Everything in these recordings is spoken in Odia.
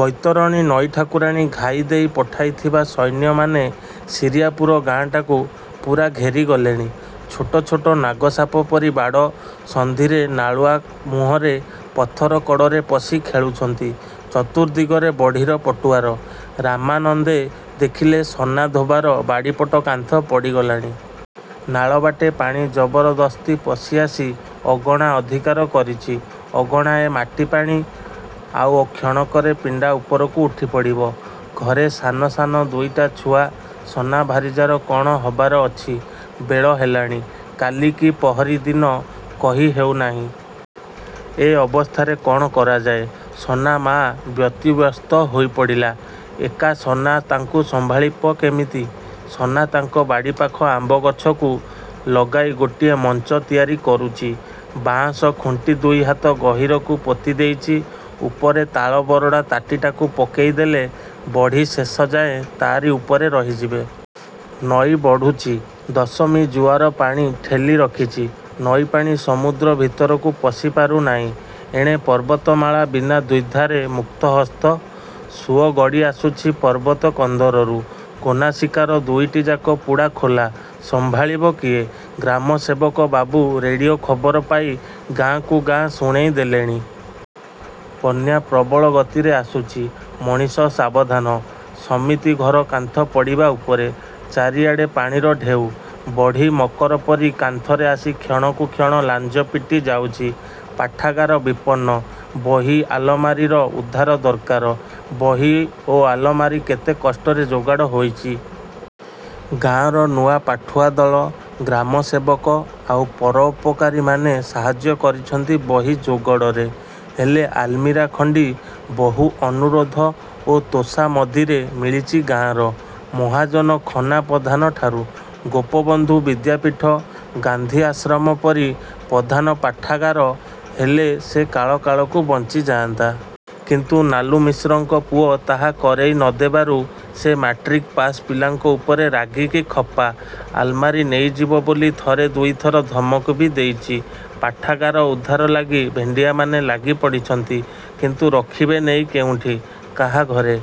ବୈତରଣୀ ନଈ ଠାକୁରାଣୀ ଘାଇ ଦେଇ ପଠାଇଥିବା ସୈନ୍ୟମାନେ ଶିରିଆପୁର ଗାଁ'ଟାକୁ ପୂରା ଘେରି ଗଲେଣି। ଛୋଟ ଛୋଟ, ନାଗ ସାପ ପରି ବାଡ଼-ସନ୍ଧିରେ ନାଳୁଆ ମୁହଁରେ, ପଥର କଡ଼ରେ ପଶି ଖେଳୁଛନ୍ତି। ଚତୁର୍ଦ୍ଦିଗରେ ବଢ଼ିର ପଟୁଆର। ରାମାନନ୍ଦେ ଦେଖିଲେ–ସନା ଧୋବାର ବାଡ଼ିପଟ କାନ୍ଥ ପଡ଼ିଗଲାଣି। ନଳାବାଟେ ପାଣି ଜବରଦସ୍ତି ପଶିଆସି ଅଗଣା ଅଧିକାର କରିଚି। ଅଗଣାଏ ମାଟିପାଣି। ଆଉ କ୍ଷଣକରେ ପିଣ୍ଡା ଉପରକୁ ଉଠିପଡ଼ିବ। ଘରେ ସାନ ସାନ ଦୁଇଟା ଛୁଆ। ସନା ଭାରିଜାର କଣ ହବାର ଅଛି। ବେଳ ହେଲାଣି; କାଲି କି ପହରି ଦିନ କହି ହେଉ ନାଇଁ। ଏ ଅବସ୍ଥାରେ କଣ କରାଯାଏ? ସନା-ମା ବ୍ୟତିବ୍ୟସ୍ତ ହୋଇପଡ଼ିଲା। ଏକା ସନା, ତାଙ୍କୁ ସମ୍ଭାଳିବ କେମିତି। ସନା ତାଙ୍କ ବାଡ଼ିପାଖ ଆମ୍ବଗଛକୁ ଲଗାଇ ଗୋଟିଏ ମଞ୍ଚା ତିଆରି କରୁଚି। ବାଆଁଶ ଖୁଣ୍ଟି ଦୁଇ ହାତ ଗହୀରକୁ ପୋତି ଦେଇଚି। ଉପରେ ତାଳ ବରଡ଼ା ତାଟିଟାକୁ ପକେଇ ଦେଲେ ବଢ଼ି ଶେଷଯାଏଁ ତା'ରି ଉପରେ ରହିଯିବେ। ନଈ ବଢ଼ୁଚି। ଦଶମୀ ଜୁଆର ପାଣି ଠେଲି ରଖିଚି। ନଈପାଣି ସମୁଦ୍ର ଭିତରକୁ ପଶି ପାରୁନାଇଁ। ଏଣେ ପର୍ବତମାଳା ବିନା ଦ୍ୱିଧାରେ ମୁକ୍ତହସ୍ତ। ସୁଅ ଗଡ଼ି ଆସୁଚି ପର୍ବତ କନ୍ଦରରୁ। ଗୋନାସିକାର ଦୁଇଟିଯାକ ପୁଡ଼ା ଖୋଲା। ସମ୍ଭାଳିବ କିଏ? ଗ୍ରାମସେବକ ବାବୁ ରେଡ଼ିଓ ଖବର ପାଇ ଗାଁକୁ ଗାଁ ଶୁଣେଇ ଦେଲେଣି। ବନ୍ୟା ପ୍ରବଳ ଗତିରେ ଆସୁଚି; ମଣିଷ ସାବଧାନ। ସମିତି ଘର କାନ୍ଥ ପଡ଼ିବା ଉପରେ। ଚାରିଆଡ଼େ ପାଣିର ଢେଉ। ବଢ଼ି ମକର ପରି କାନ୍ଥରେ ଆସି କ୍ଷଣକୁ କ୍ଷଣ ଲାଞ୍ଜ ପିଟି ଯାଉଚି। ପାଠାଗାର ବିପନ୍ନ। ବହି ଆଲମାରୀର ଉଦ୍ଧାର ଦର୍କାର। ବହି ଓ ଆଲମାରୀ କେତେ କଷ୍ଟରେ ଯୋଗାଡ଼ ହୋଇଚି। ଗାଁର ନୂଆ ପାଠୁଆଦଳ, ଗ୍ରାମସେବକ, ଆଉ ପରୋପକାରୀମାନେ ସାହାଯ୍ୟ କରିଛନ୍ତି ବହି ଯୋଗଡ଼ରେ। ହେଲେ, ଆଲ୍ମିରା ଖଣ୍ଡି ବହୁ ଅନୁରୋଧ ଓ ତୋଷାମଦିରେ ମିଳିଚି ଗାଁର। ମହାଜନ ଖନା ପଧାନଠାରୁ। ଗୋପବନ୍ଧୁ ବିଦ୍ୟାପୀଠ, ଗାନ୍ଧୀ ଆଶ୍ରମ ପରି ପଧାନ ପାଠାଗାର ହେଲେ ସେ କାଳ କାଳକୁ ବଞ୍ଚିଯାଆନ୍ତା। କିନ୍ତୁ ନାଲୁମିଶ୍ରଙ୍କ ପୁଅ ତାହା କରେଇ ନଦେବାରୁ ସେ ମାଟ୍ରିକ୍ ପାସ୍ ପିଲାଙ୍କ ଉପରେ ରାଗିକି ଖପ୍ପା। ଆଲ୍ମାରୀ ନେଇଯିବ ବୋଲି ଥରେ ଦୁଇଥର ଧମକ ବି ଦେଇଚି। ପାଠାଗାର ଉଦ୍ଧାର ଲାଗି ଭେଣ୍ଡିଆମାନେ ଲାଗି ପଡ଼ିଛନ୍ତି। କିନ୍ତୁ, ରଖିବେ ନେଇ କେଉଁଠି? କାହା ଘରେ?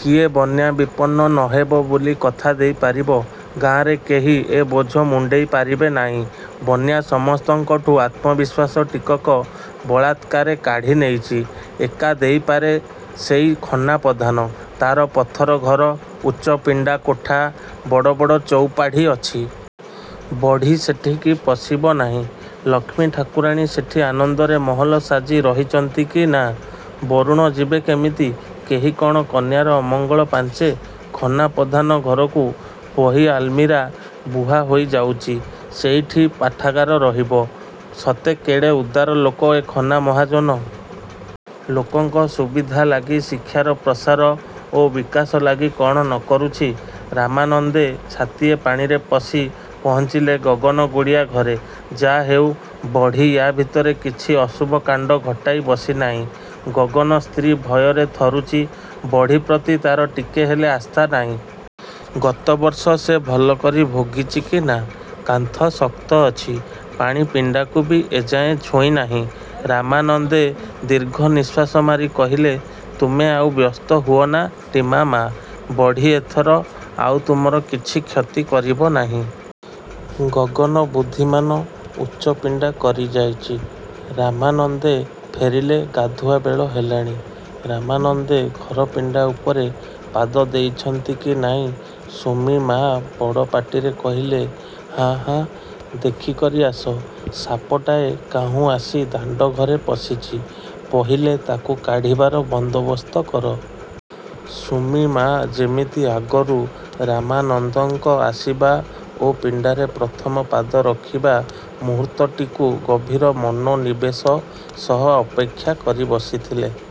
କିଏ ବନ୍ୟା-ବିପନ୍ନ ନହେବ ବୋଲି କଥା ଦେଇପାରିବ? ଗାଁରେ କେହି ଏ ବୋଝ ମୁଣ୍ଡେଇ ପାରିବେ ନାଇଁ। ବନ୍ୟା ସମସ୍ତଙ୍କଠୁଁ ଆତ୍ମବିଶ୍ୱାସ ଟିକକ ବଳାତ୍କାରେ କାଢ଼ି ନେଇଚି। ଏକା ଦେଇପାରେ ସେଇ ଖନା ପଧାନ। ତାର ପଥର ଘର ଉଚ୍ଚ ପିଣ୍ଡା, କୋଠା। ବଡ଼ ବଡ଼ ଚଉପାଢ଼ୀ ଅଛି। ବଢ଼ି ସେଠିକି ପଶିବ ନାଇଁ। ଲକ୍ଷ୍ମୀ ଠାକୁରାଣୀ ସେଠି ଆନନ୍ଦରେ ମହଲସାଜି ରହିଛନ୍ତି କି ନା, ବରୁଣ ଯିବେ କେମିତି କେହି କଣ କନ୍ୟାର ଅମଙ୍ଗଳ ପାଞ୍ଚେ। ଖନା ପଧାନ ଘରକୁ ବହି ଆଲ୍ମିରା ବୁହା ହୋଇ ଯାଉଚି। ସେଇଠି ପାଠାଗାର ରହିବ। ସତେ କେଡ଼େ ଉଦାର ଲୋକ ଏ ଖନା ମହାଜନ। ଲୋକଙ୍କ ସୁବିଧା ଲାଗି ଶିକ୍ଷାର ପ୍ରସାର ଓ ବିକାଶ ଲାଗି କଣ ନ କରୁଛି? ରାମାନନ୍ଦେ ଛାତିଏ ପାଣିରେ ପଶି ପହଞ୍ଚିଲେ ଗଗନ ଗୁଡ଼ିଆ ଘରେ। ଯା'ହେଉ–ବଢ଼ି ୟା' ଭିତରେ କିଛି ଅଶୁଭ କାଣ୍ଡ ଘଟାଇ ବସିନାଇଁ। ଗଗନ ସ୍ତ୍ରୀ ଭୟରେ ଥରୁଚି। ବଢ଼ି ପ୍ରତି ତାର ଟିକେ ହେଲେ ଆସ୍ଥା ନାଇଁ। ଗତବର୍ଷ ସେ ଭଲ କରି ଭୋଗିଚି କି ନା? କାନ୍ଥ ଶକ୍ତ ଅଛି। ପାଣି ପିଣ୍ଡାକୁ ବି ଏ ଯାଏଁ ଛୁଇଁ ନାହିଁ। ରାମାନନ୍ଦେ ଦୀର୍ଘ ନିଶ୍ୱାସମାରି କହିଲେ–ତୁମେ ଆଉ ବ୍ୟସ୍ତ ହୁଅନା ଟିମା-ମା। ବଢ଼ି ଏଥର ଆଉ ତୁମର କିଛି କ୍ଷତି କରିବ ନାହିଁ। ଗଗନ ବୁଦ୍ଧିମାନ। ଉଚ୍ଚ ପିଣ୍ଡା କରିଯାଇଚି। ରାମାନନ୍ଦେ ଫେରିଲେ। ଗାଧୁଆବେଳ ହେଲାଣି। ରାମାନନ୍ଦେ ଘର ପିଣ୍ଡା ଉପରେ ପାଦ ଦେଇଛନ୍ତି କି ନାଇଁ ସୁମି-ମା ବଡ଼ ପାଟିରେ କହିଲେ–ହାଁ-ହାଁ ଦେଖି କରି ଆସ। ସାପଟାଏ କାହୁଁ ଆସି ଦାଣ୍ଡଘରେ ପଶିଚି। ପହିଲେ ତାକୁ କାଢ଼ିବାର ବନ୍ଦୋବସ୍ତ କର। ସୁମି-ମା ଯେମିତି ଆଗରୁ ରାମନନ୍ଦଙ୍କ ଆସିବା ଓ ପିଣ୍ଡାରେ ପ୍ରଥମ-ପାଦ ରଖିବା ମୁହୂର୍ତ୍ତଟିକୁ ଗଭୀର ମନୋନିବେଶ ସହ ଅପେକ୍ଷା କରି ବସିଥିଲେ।